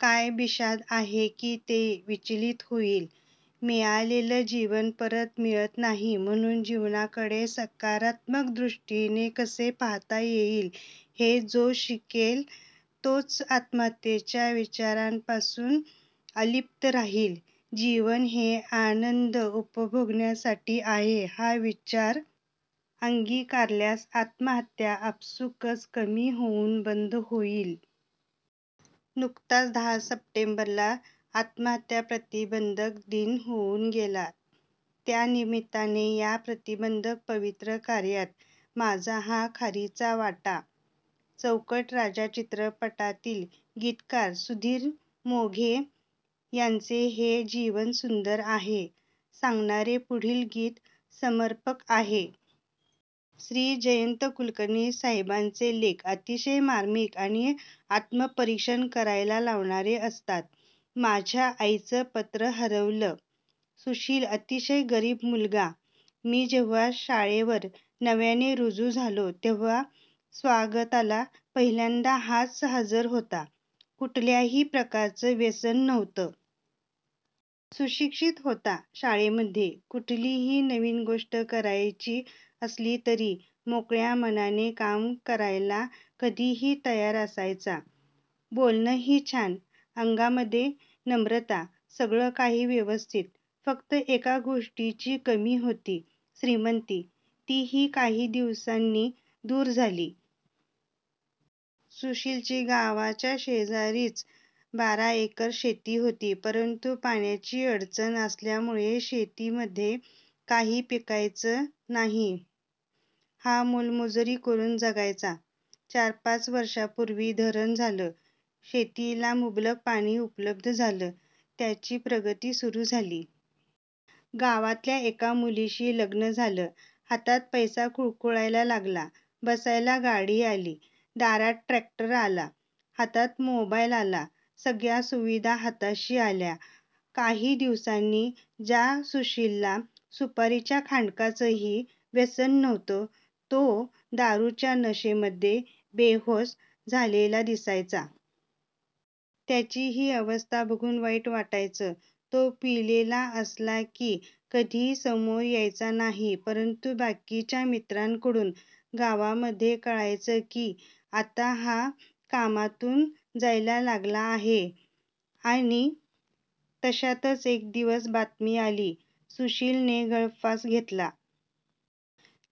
काय बिशाद आहे की ते विचलित होईल! मिळालेलं जीवन परत मिळत नाही म्हणून जीवनाकडे सकारात्मक दृष्टीने कसे पाहता येईल हे जो शिकेल तोच आत्महत्येच्या विचारापासून अलिप्त राहील. जीवन हे आनंद उपभोगण्यासाठी आहे हा विचार अंगीकारल्यास आत्महत्या आपसूकच कमी होऊन बंद होतील! नुकताच दहा सप्टेंबरला आत्महत्या प्रतिबंधक दिन होऊन गेला. त्या निमित्ताने या प्रतिबंधक पवित्र कार्यात माझा हा खारीचा वाटा! चौकट राजा चित्रपटातील गीतकार सुधीर मोघे यांचे हे जीवन सुंदर आहे सांगणारे पुढील गीत समर्पक आहे. श्री. जयंत कुलकर्णी साहेबांचे लेख अतिशय र्मामीक आणि आत्मपरीक्षण करायला लावणारे असतात. माझ्या आईचं पत्र हरवलं! सुशील अतिशय गरीब मुलगा. मी जेव्हा शाळेवर नव्याने रुजू झालो तेव्हा स्वागताला पहिल्यांदा हाच हजर होता. कुठल्याही प्रकारचं व्यसन नव्हतं. सुशिक्षित होता. शाळेमध्ये कुठलीही नवीन गोष्ट करायची असली तरी मोकळ्या मनाने काम करायला कधीही तयार असायचा. बोलणंही छान. अंगामध्ये नम्रता. सगळं काही व्यवस्थित. फक्त एकाच गोष्टीची कमी होती. श्रीमंती. तीही काही दिवसांनी दूर झाली. सुशीलची गावाच्या शेजारीच बारा एकर शेती होती, परंतु पाण्याची अडचण असल्यामुळे शेतीमध्ये काही पिकायचं नाही. हा मोलमजुरी करून जगायचा. चार पाच वर्षांपूर्वी धरण झालं. शेतीला मुबलक पाणी उपलब्ध झालं. त्याची प्रगती सुरू झाली. गावातल्याच एका मुलीशी लग्न झालं. हातात पैसा खुळखुळायला लागला. बसायला गाडी आली. दारात ट्रॅक्टर आला. हातात मोबाईल आला. सगळ्या सुविधा हाताशी आल्या. काही दिवसांनी ज्या सुशीलला सुपारीच्या खांडाचंही व्यसन नव्हतं, तो दारूच्या नशेमध्ये बेहोष झालेला दिसायचा. त्याची ही अवस्था बघून वाईट वाटायचं. तो पिलेला असला की कधी समोर यायचा नाही, परंतु बाकीच्या मित्रांकडून गावांमध्ये कळायचं की आता हा कामातून जायला लागला आहे आणि तशातच एक दिवस बातमी आली, सुशिलने गळफास घेतला!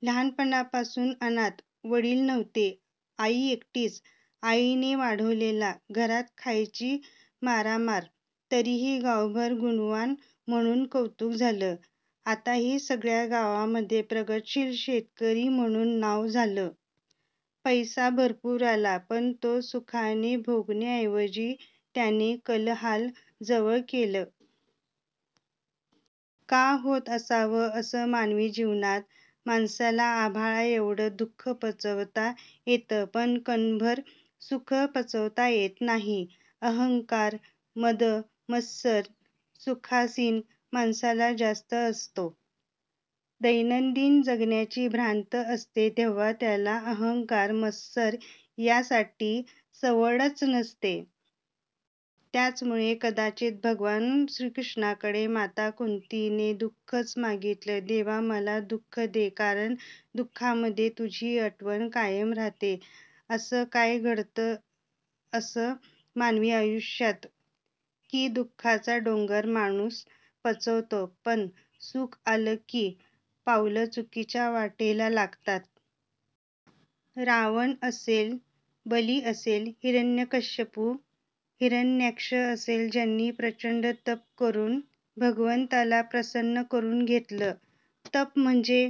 लहानपणापासून अनाथ. वडील नव्हते. आई एकटीच. आईने वाढवलेला. घरात खायची मारामार, तरीही गावभर गुणवान म्हणून कौतुक झालं. आताही सगळ्या गावामध्ये प्रगतीशील शेतकरी म्हणून नाव झालं. पैसा भरपूर आला, पण तो सुखाने भोगण्याऐवजी त्याने कलहाला जवळ केलं. का होत असावं असं मानवी जीवनात? माणसाला आभाळाएवढं दुःख पचवता येतं पण कणभर सुख पचवता येत नाही. अहंकार, मद, मत्सर, सुखासीन माणसालाच जास्त असतो. दैनंदिन जगण्याची भ्रांत असते तेव्हा त्याला अहंकार, मत्सर यासाठी सवडच नसते. त्याचमुळे कदाचित भगवान श्रीकृष्णाकडे माता कुंतीने दुःखंच मागितलं, देवा मला दुःख दे, कारण दुःखामध्ये तुझी आठवण कायम राहते. असं काय घडतं असं मानवी आयुष्यात, की दुःखाचा डोंगर माणूस पचवतो, पण सुख आलं की पावलं चुकीच्या वाटेला लागतात. रावण असेल, बली असेल, हिरण्यकश्यपू, हिरण्याक्ष असेल ज्यांनी प्रचंड तप करून भगवंताला प्रसन्न करून घेतलं. तप म्हणजे